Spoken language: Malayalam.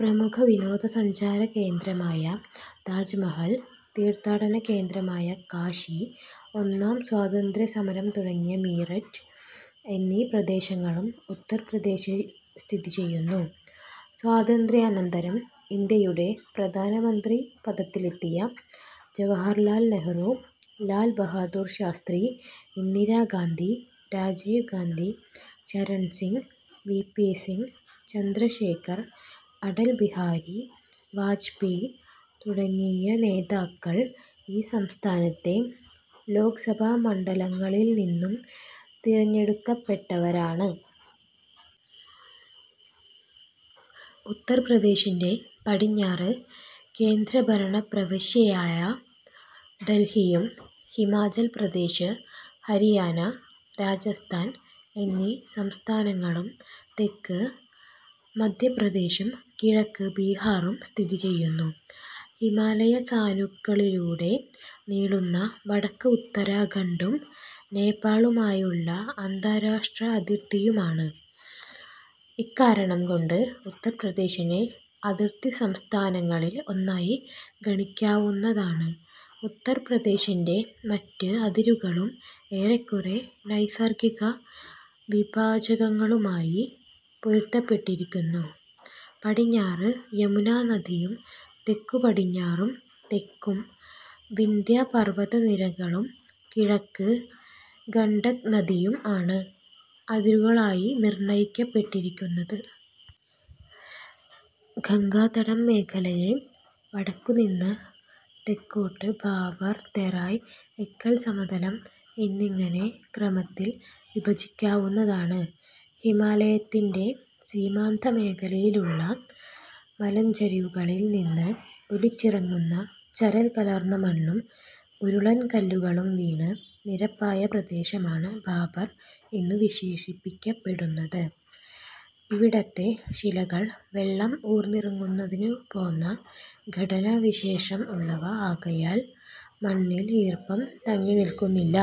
പ്രമുഖ വിനോദസഞ്ചാരകേന്ദ്രമായ താജ് മഹൽ, തീർത്ഥാടനകേന്ദ്രമായ കാശി, ഒന്നാം സ്വാതന്ത്ര്യസമരം തുടങ്ങിയ മീററ്റ് എന്നീ പ്രദേശങ്ങളും ഉത്തർപ്രദേശിൽ സ്ഥിതിചെയ്യുന്നു. സ്വാതന്ത്ര്യാനന്തരം ഇന്ത്യയുടെ പ്രധാനമന്ത്രിപദത്തിലെത്തിയ Jawaharlal Nehru, Lal Bahadur Shastri, Indira Gandhi, Rajiv Gandhi, Charan Singh, V. P. Singh, Chandrashekhar, Atal Bihari Vajpayee തുടങ്ങിയ നേതാക്കൾ ഈ സംസ്ഥാനത്തെ ലോക്സഭാ മണ്ഡലങ്ങളിൽ നിന്നും തിരഞ്ഞെടുക്കപ്പെട്ടവരാണ്. ഉത്തർപ്രദേശിന്റെ പടിഞ്ഞാറ്, കേന്ദ്രഭരണപ്രവിശ്യയായ ഡൽഹിയും ഹിമാചൽപ്രദേശ്, ഹരിയാന, രാജസ്ഥാൻ എന്നീ സംസ്ഥാനങ്ങളും തെക്ക് മധ്യപ്രദേശും കിഴക്ക് ബീഹാറും സ്ഥിതിചെയ്യുന്നു. ഹിമാലയസാനുക്കളിലൂടെ നീളുന്ന വടക്ക് ഉത്തരാഖണ്ഡും, നേപ്പാളുമായുള്ള അന്താരാഷ്ട്ര അതിർത്തിയുമാണ്. ഇക്കാരണംകൊണ്ട് ഉത്തർപ്രദേശിനെ അതിർത്തിസംസ്ഥാനങ്ങളിൽ ഒന്നായി ഗണിക്കാവുന്നതാണ്. ഉത്തർപ്രദേശിന്റെ മറ്റ് അതിരുകളും ഏറെക്കുറെ നൈസർഗിക വിഭാജകങ്ങളുമായി പൊരുത്തപ്പെട്ടിരിക്കുന്നു; പടിഞ്ഞാറ് യമുനാനദിയും തെക്കുപടിഞ്ഞാറും തെക്കും വിന്ധ്യാപർവതനിരകളും കിഴക്ക് ഗണ്ഡക് നദിയും ആണ് അതിരുകളായി നിർണയിക്കപ്പെട്ടിരിക്കുന്നത്. ഗംഗാതടം മേഖലയെ വടക്കുനിന്നു തെക്കോട്ട് ഭാഭർ, തെറായ്, എക്കൽസമതലം എന്നിങ്ങനെ ക്രമത്തിൽ വിഭജിക്കാവുന്നതാണ്. ഹിമാലയത്തിന്റെ സീമാന്ത മേഖലയിലുള്ള മലഞ്ചരിവുകളിൽ നിന്ന് ഒലിച്ചിറങ്ങുന്ന ചരൽ കലർന്ന മണ്ണും ഉരുളൻ കല്ലുകളും വീണ് നിരപ്പായ പ്രദേശമാണ് ഭാഭർ എന്നു വിശേഷിപ്പിക്കപ്പെടുന്നത്. ഇവിടത്തെ ശിലകൾ വെള്ളം ഊർന്നിറങ്ങുന്നതിനു പോന്ന ഘടനാവിശേഷം ഉള്ളവ ആകയാൽ മണ്ണിൽ ഈർപ്പം തങ്ങിനിൽക്കുന്നില്ല.